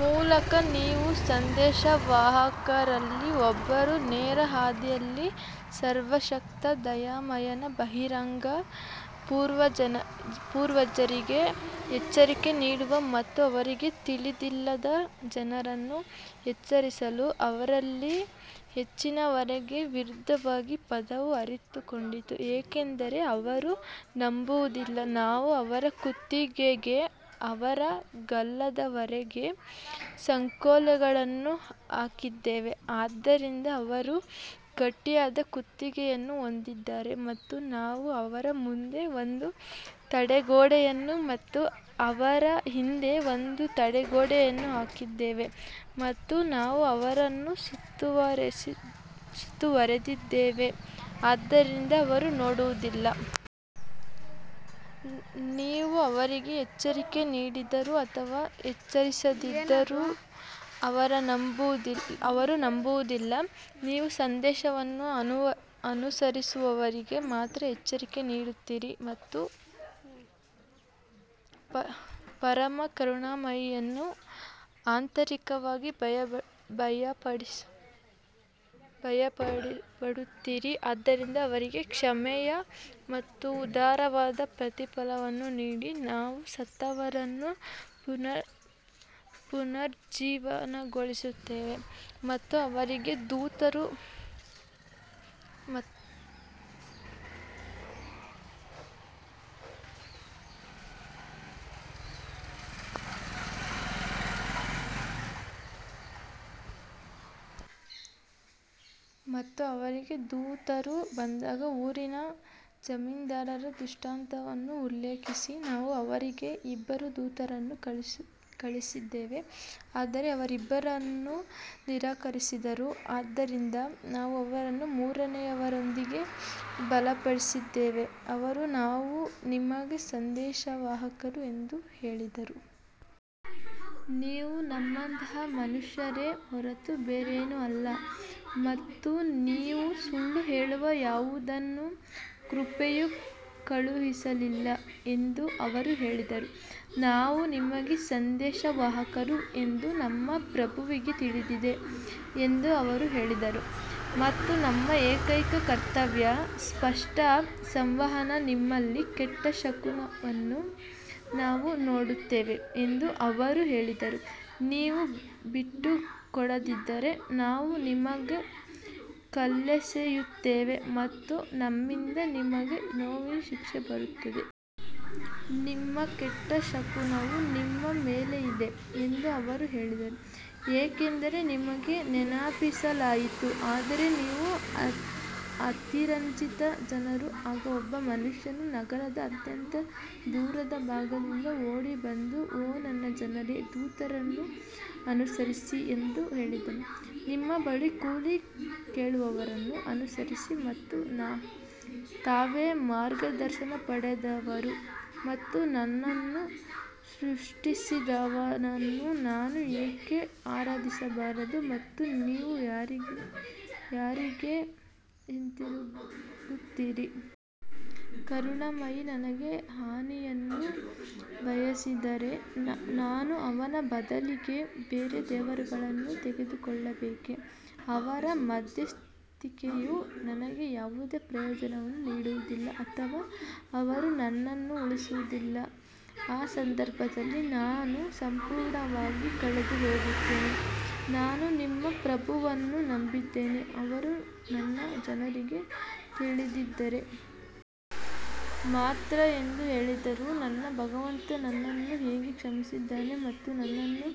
ಮೂಲಕ ನೀವು ಸಂದೇಶವಾಹಕರಲ್ಲಿ ಒಬ್ಬರು ನೇರ ಹಾದಿಯಲ್ಲಿ ಸರ್ವಶಕ್ತ ದಯಾಮಯನ ಬಹಿರಂಗ ಪೂರ್ವಜರಿಗೆ ಎಚ್ಚರಿಕೆ ನೀಡದ ಮತ್ತು ಅವರಿಗೆ ತಿಳಿದಿಲ್ಲದ ಜನರನ್ನು ಎಚ್ಚರಿಸಲು ಅವರಲ್ಲಿ ಹೆಚ್ಚಿನವರಿಗೆ ವಿರುದ್ಧವಾಗಿ ಪದವು ಅರಿತುಕೊಂಡಿತು ಏಕೆಂದರೆ ಅವರು ನಂಬುವುದಿಲ್ಲ ನಾವು ಅವರ ಕುತ್ತಿಗೆಗೆ ಅವರ ಗಲ್ಲದವರೆಗೆ ಸಂಕೋಲೆಗಳನ್ನು ಹಾಕಿದ್ದೇವೆ ಆದ್ದರಿಂದ ಅವರು ಗಟ್ಟಿಯಾದ ಕುತ್ತಿಗೆಯನ್ನು ಹೊಂದಿದ್ದಾರೆ ಮತ್ತು ನಾವು ಅವರ ಮುಂದೆ ಒಂದು ತಡೆಗೋಡೆಯನ್ನು ಮತ್ತು ಅವರ ಹಿಂದೆ ಒಂದು ತಡೆಗೋಡೆಯನ್ನು ಹಾಕಿದ್ದೇವೆ ಮತ್ತು ನಾವು ಅವರನ್ನು ಸುತ್ತುವರೆದಿದ್ದೇವೆ ಆದ್ದರಿಂದ ಅವರು ನೋಡುವುದಿಲ್ಲ. ನೀವು ಅವರಿಗೆ ಎಚ್ಚರಿಕೆ ನೀಡಿದರೂ ಅಥವಾ ಎಚ್ಚರಿಸದಿದ್ದರೂ ಅವರು ನಂಬುವುದಿಲ್ಲ ನೀವು ಸಂದೇಶವನ್ನು ಅನುಸರಿಸುವವರಿಗೆ ಮಾತ್ರ ಎಚ್ಚರಿಕೆ ನೀಡುತ್ತೀರಿ ಮತ್ತು ಪರಮ ಕರುಣಾಮಯಿಯನ್ನು ಆಂತರಿಕವಾಗಿ ಭಯಪಡುತ್ತೀರಿ ಆದ್ದರಿಂದ ಅವರಿಗೆ ಕ್ಷಮೆಯ ಮತ್ತು ಉದಾರವಾದ ಪ್ರತಿಫಲವನ್ನು ನೀಡಿ ನಾವು ಸತ್ತವರನ್ನು ಪುನರುಜ್ಜೀವನಗೊಳಿಸುತ್ತೇವೆ. ಮತ್ತು ಅವರಿಗೆ ದೂತರು ಬಂದಾಗ ಊರಿನ ಜಮೀನ್ದಾರರ ದೃಷ್ಟಾಂತವನ್ನು ಉಲ್ಲೇಖಿಸಿ ನಾವು ಅವರಿಗೆ ಇಬ್ಬರು ದೂತರನ್ನು ಕಳುಹಿಸಿದ್ದೇವೆ ಆದರೆ ಅವರು ಇಬ್ಬರನ್ನೂ ನಿರಾಕರಿಸಿದರು, ಆದ್ದರಿಂದ ನಾವು ಅವರನ್ನು ಮೂರನೆಯವರೊಂದಿಗೆ ಬಲಪಡಿಸಿದ್ದೇವೆ ಅವರು ನಾವು ನಿಮಗೆ ಸಂದೇಶವಾಹಕರು ಎಂದು ಹೇಳಿದರು. ನೀವು ನಮ್ಮಂತಹ ಮನುಷ್ಯರೇ ಹೊರತು ಬೇರೇನೂ ಅಲ್ಲ ಮತ್ತು ನೀವು ಸುಳ್ಳು ಹೇಳುವ ಯಾವುದನ್ನೂ ಕೃಪೆಯು ಕಳುಹಿಸಲಿಲ್ಲ ಎಂದು ಅವರು ಹೇಳಿದರು ನಾವು ನಿಮಗೆ ಸಂದೇಶವಾಹಕರು ಎಂದು ನಮ್ಮ ಪ್ರಭುವಿಗೆ ತಿಳಿದಿದೆ ಎಂದು ಅವರು ಹೇಳಿದರು ಮತ್ತು ನಮ್ಮ ಏಕೈಕ ಕರ್ತವ್ಯ ಸ್ಪಷ್ಟ ಸಂವಹನ ನಿಮ್ಮಲ್ಲಿ ಕೆಟ್ಟ ಶಕುನವನ್ನು ನಾವು ನೋಡುತ್ತೇವೆ ಎಂದು ಅವರು ಹೇಳಿದರು, ನೀವು ಬಿಟ್ಟುಕೊಡದಿದ್ದರೆ ನಾವು ನಿಮಗೆ ಕಲ್ಲೆಸೆಯುತ್ತೇವೆ ಮತ್ತು ನಮ್ಮಿಂದ ನಿಮಗೆ ನೋವಿನ ಶಿಕ್ಷೆ ಬರುತ್ತದೆ. ನಿಮ್ಮ ಕೆಟ್ಟ ಶಕುನವು ನಿಮ್ಮ ಮೇಲೆ ಇದೆ ಎಂದು ಅವರು ಹೇಳಿದರು, ಏಕೆಂದರೆ ನಿಮಗೆ ನೆನಪಿಸಲಾಯಿತು ಆದರೆ ನೀವು ಅತಿರಂಜಿತ ಜನರು ಆಗ ಒಬ್ಬ ಮನುಷ್ಯನು ನಗರದ ಅತ್ಯಂತ ದೂರದ ಭಾಗದಿಂದ ಓಡಿ ಬಂದು ಓ ನನ್ನ ಜನರೇ ದೂತರನ್ನು ಅನುಸರಿಸಿ ಎಂದು ಹೇಳಿದನು ನಿಮ್ಮ ಬಳಿ ಕೂಲಿ ಕೇಳುವವರನ್ನು ಅನುಸರಿಸಿ ಮತ್ತು ತಾವೇ ಮಾರ್ಗದರ್ಶನ ಪಡೆದವರು ಮತ್ತು ನನ್ನನ್ನು ಸೃಷ್ಟಿಸಿದವನನ್ನು ನಾನು ಏಕೆ ಆರಾಧಿಸಬಾರದು ಮತ್ತು ನೀವು ಯಾರಿಗೆ ಹಿಂತಿರುಗುತ್ತೀರಿ? ಕರುಣಾಮಯಿ ನನಗೆ ಹಾನಿಯನ್ನು ಬಯಸಿದರೆ ನಾನು ಅವನ ಬದಲಿಗೆ ಬೇರೆ ದೇವರುಗಳನ್ನು ತೆಗೆದುಕೊಳ್ಳಬೇಕೇ, ಅವರ ಮಧ್ಯಸ್ಥಿಕೆಯು ನನಗೆ ಯಾವುದೇ ಪ್ರಯೋಜನವನ್ನು ನೀಡುವುದಿಲ್ಲ ಅಥವಾ ಅವರು ನನ್ನನ್ನು ಉಳಿಸುವುದಿಲ್ಲ ಆ ಸಂದರ್ಭದಲ್ಲಿ ನಾನು ಸಂಪೂರ್ಣವಾಗಿ ಕಳೆದುಹೋಗುತ್ತೇನೆ ನಾನು ನಿಮ್ಮ ಪ್ರಭುವನ್ನು ನಂಬಿದ್ದೇನೆ. ಅವರು ನನ್ನ ಜನರಿಗೆ ತಿಳಿದಿದ್ದರೆ ಮಾತ್ರ ಎಂದು ಹೇಳಿದರು ನನ್ನ ಭಗವಂತ ನನ್ನನ್ನು ಹೇಗೆ ಕ್ಷಮಿಸಿದ್ದಾನೆ ಮತ್ತು ನನ್ನನ್ನು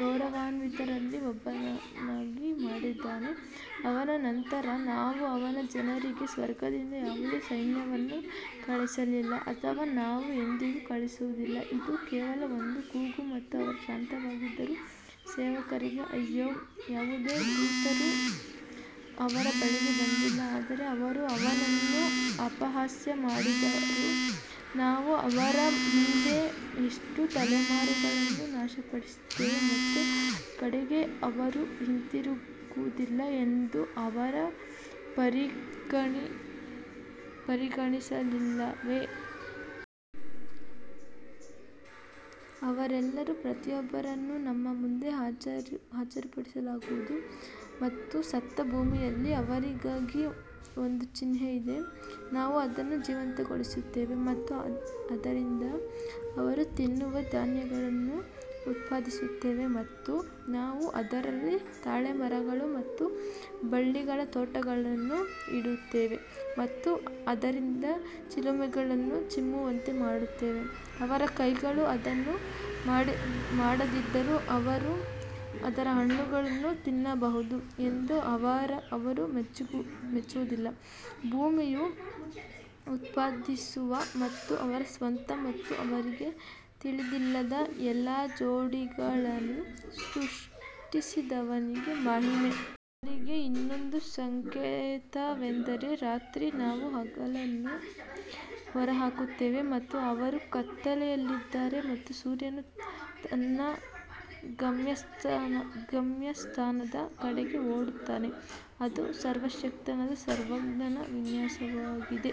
ಗೌರವಾನ್ವಿತರಲ್ಲಿ ಒಬ್ಬನನ್ನಾಗಿ ಮಾಡಿದ್ದಾನೆ ಅವನ ನಂತರ ನಾವು ಅವನ ಜನರಿಗೆ ಸ್ವರ್ಗದಿಂದ ಯಾವುದೇ ಸೈನ್ಯವನ್ನು ಕಳುಹಿಸಲಿಲ್ಲ ಅಥವಾ ನಾವು ಎಂದಿಗೂ ಕಳುಹಿಸುವುದಿಲ್ಲ ಇದು ಕೇವಲ ಒಂದು ಕೂಗು ಮತ್ತು ಅವರು ಶಾಂತವಾಗಿದ್ದರು ಸೇವಕರಿಗೆ ಅಯ್ಯೋ, ಯಾವುದೇ ದೂತರು ಅವರ ಬಳಿಗೆ ಬಂದಿಲ್ಲ ಆದರೆ ಅವರು ಅವನನ್ನು ಅಪಹಾಸ್ಯ ಮಾಡಿದರು ನಾವು ಅವರ ಹಿಂದೆ ಎಷ್ಟು ತಲೆಮಾರುಗಳನ್ನು ನಾಶಪಡಿಸಿದ್ದೇವೆ ಮತ್ತು ಅವರ ಕಡೆಗೆ ಅವರು ಹಿಂತಿರುಗುವುದಿಲ್ಲ ಎಂದು ಅವರು ಪರಿಗಣಿಸಲಿಲ್ಲವೇ? ಅವರೆಲ್ಲರೂ ಪ್ರತಿಯೊಬ್ಬರನ್ನು ನಮ್ಮ ಮುಂದೆ ಹಾಜರುಪಡಿಸಲಾಗುವುದು ಮತ್ತು ಸತ್ತ ಭೂಮಿಯಲ್ಲಿ ಅವರಿಗಾಗಿ ಒಂದು ಚಿಹ್ನೆ ಇದೆ, ನಾವು ಅದನ್ನು ಜೀವಂತಗೊಳಿಸುತ್ತೇವೆ ಮತ್ತು ಅದರಿಂದ ಅವರು ತಿನ್ನುವ ಧಾನ್ಯಗಳನ್ನು ಉತ್ಪಾದಿಸುತ್ತೇವೆ ಮತ್ತು ನಾವು ಅದರಲ್ಲಿ ತಾಳೆ ಮರಗಳು ಮತ್ತು ಬಳ್ಳಿಗಳ ತೋಟಗಳನ್ನು ಇಡುತ್ತೇವೆ ಮತ್ತು ಅದರಿಂದ ಚಿಲುಮೆಗಳನ್ನು ಚಿಮ್ಮುವಂತೆ ಮಾಡುತ್ತೇವೆ ಅವರ ಕೈಗಳು ಅದನ್ನು ಮಾಡದಿದ್ದರೂ ಅವರು ಅದರ ಹಣ್ಣುಗಳನ್ನು ತಿನ್ನಬಹುದು ಎಂದು ಅವರು ಮೆಚ್ಚುವುದಿಲ್ಲ ಭೂಮಿಯು ಉತ್ಪಾದಿಸುವ ಮತ್ತು ಅವರ ಸ್ವಂತ ಮತ್ತು ಅವರಿಗೆ ತಿಳಿದಿಲ್ಲದ ಎಲ್ಲಾ ಜೋಡಿಗಳನ್ನು ಸೃಷ್ಟಿಸಿದವನಿಗೆ ಮಹಿಮೆ. ಅವರಿಗೆ ಇನ್ನೊಂದು ಸಂಕೇತವೆಂದರೆ ರಾತ್ರಿ ನಾವು ಹಗಲನ್ನು ಹೊರಹಾಕುತ್ತೇವೆ ಮತ್ತು ಅವರು ಕತ್ತಲೆಯಲ್ಲಿದ್ದಾರೆ ಮತ್ತು ಸೂರ್ಯನು ತನ್ನ ಗಮ್ಯಸ್ಥಾನದ ಕಡೆಗೆ ಓಡುತ್ತಾನೆ, ಅದು ಸರ್ವಶಕ್ತನಾದ ಸರ್ವಜ್ಞನ ವಿನ್ಯಾಸವಾಗಿದೆ.